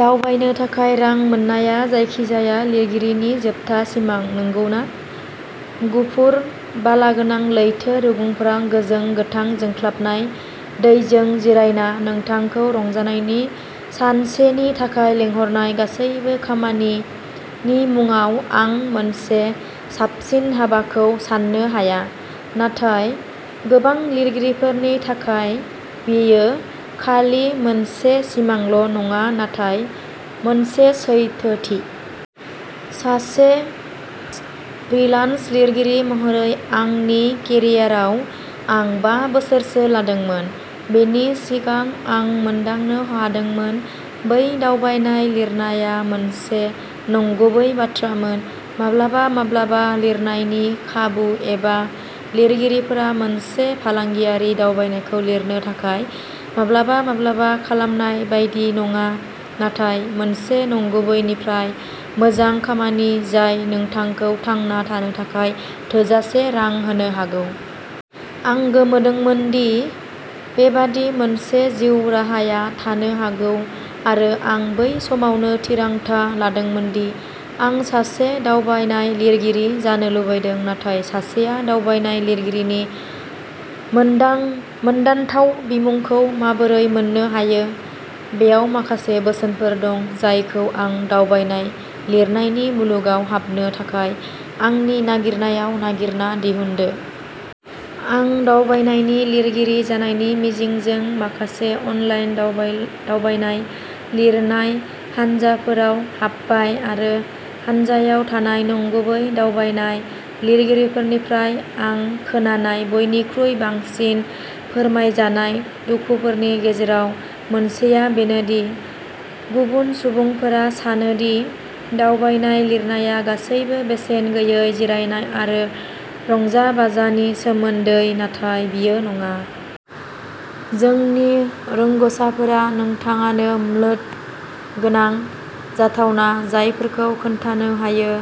दावबायनो थाखाय रां मोननाया जायखिजाया लिरगिरिनि जोबथा सिमां, नंगौना? गुफुर, बालागोनां लैथो रुगुंफोराव गोजों गोथां जोंख्लाबनाय दैजों जिरायना नोंथांखौ रंजानायनि सानसेनि थाखाय लिंहरनाय, गासैबो "खामानि" नि मुंआव। आं मोनसे साबसिन हाबाखौ सान्नो हाया, नाथाय गोबां लिरगिरिफोरनि थाखाय, बेयो खालि मोनसे सिमांल'नङा, नाथाय मोनसे सैथोथि। सासे फ्रिलान्स लिरगिरि महरै आंनि केरियाराव आं बा बोसोरसो लादोंमोन, बेनि सिगां आं मोनदांनो हादोंमोन। बै दावबायनाय लिरनाया मोनसे नंगुबै बाथ्रामोन। माब्लाबा-माब्लाबा लिरनायनि खाबु एबा लिरगिरिफोरा मोनसे फालांगियारि दावबायनायखौ लिरनो थाखाय माब्लाबा-माब्लाबा खालामनाय बायदि नङा, नाथाय मोनसे नंगुबै-निफ्राय-मोजां खामानि जाय नोंथांखौ थांना थानो थाखाय थोजासे रां होनो हागौ। आं गोमोदोंमोन दि बेबादि मोनसे जिउ राहाया थानो हागौ आरो आं बै समावनो थिरांथा लादोंमोन दि आं सासे दावबायनाय लिरगिरि जानो लुबैदों। नाथाय सासेया "दावबायनाय लिरगिरि" नि मोदानथाव बिमुंखौ माबोरै मोन्नो हायो? बेयाव माखासे बोसोनफोर दं जायखौ आं दावबायनाय लिरनायनि मुलुगाव हाबनो थाखाय आंनि नागिरनायाव नागिरना दिहुनदों। आं दावबायनायनि लिरगिरि जानायनि मिजिंजों माखासे अनलाइन दावबायनाय लिरनाय हानजाफोराव हाबबाय आरो हानजायाव थानाय "नंगुबै" दावबायनाय लिरगिरिफोरनिफ्राय आं खोनानाय बयनिख्रुइ बांसिन फोरमायजानाय दुखुफोरनि गेजेराव मोनसेआ बेनो दि गुबुन सुबुंफोरा सानो दि दावबायनाय लिरनाया गासैबो बेसेन गैयै जिरायनाय आरो रंजाबाजानि सोमोन्दै; नाथाय बेयो नङा। जोंनि रोंग'साफोरा नोंथांनो मोल्ड गोनां जाथावना जायगाफोरखौ खोन्थानो हायो,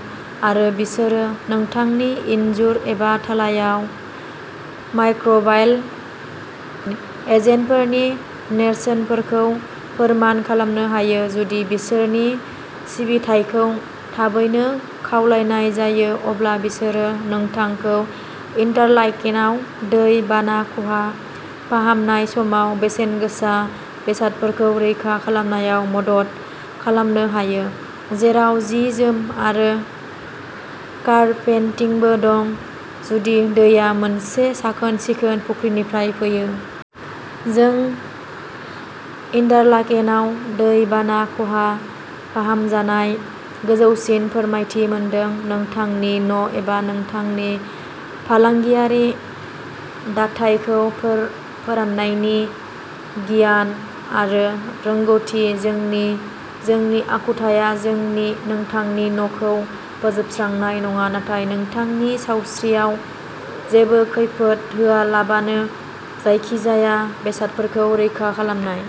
आरो बिसोरो नोंथांनि इनजुर एबा थालायाव माइक्र'बायेल एजेन्टफोरनि नेरसोनफोरखौ फोरमान खालामनो हायो। जुदि बिसोरनि सिबिथायखौ थाबैनो खावलायनाय जायो, अब्ला बिसोरो नोंथांखौ इन्टारलाकेनआव दै बाना खहा फाहामनाय समाव बेसेनगोसा बेसादफोरखौ रैखा खालामनायाव मदद खालामनो हायो, जेराव जि-जोम आरो कारपेटिंबो दं, जुदि दैया मोनसे साखोन-सिखोन फुंखानिफ्राय फैयो। जों इन्टारलाकेनआव दै बाना खहा फाहामनायाव गोजौसिन फोरमानथि मोनदों। नोंथांनि न'एबा नोंथांनि फालांगियारि दाथायखौ फोराननायनि गियान आरो रोंग'थि जोंनि। जोंनि आखुथाया नोंथांनि न'खौ फोजोबस्रांनाय नङा, नाथाय नोंथांनि सावस्रियाव जेबो खैफोद होआलाबानो जायखिजाया बेसादफोरखौ रैखा खालामनाय।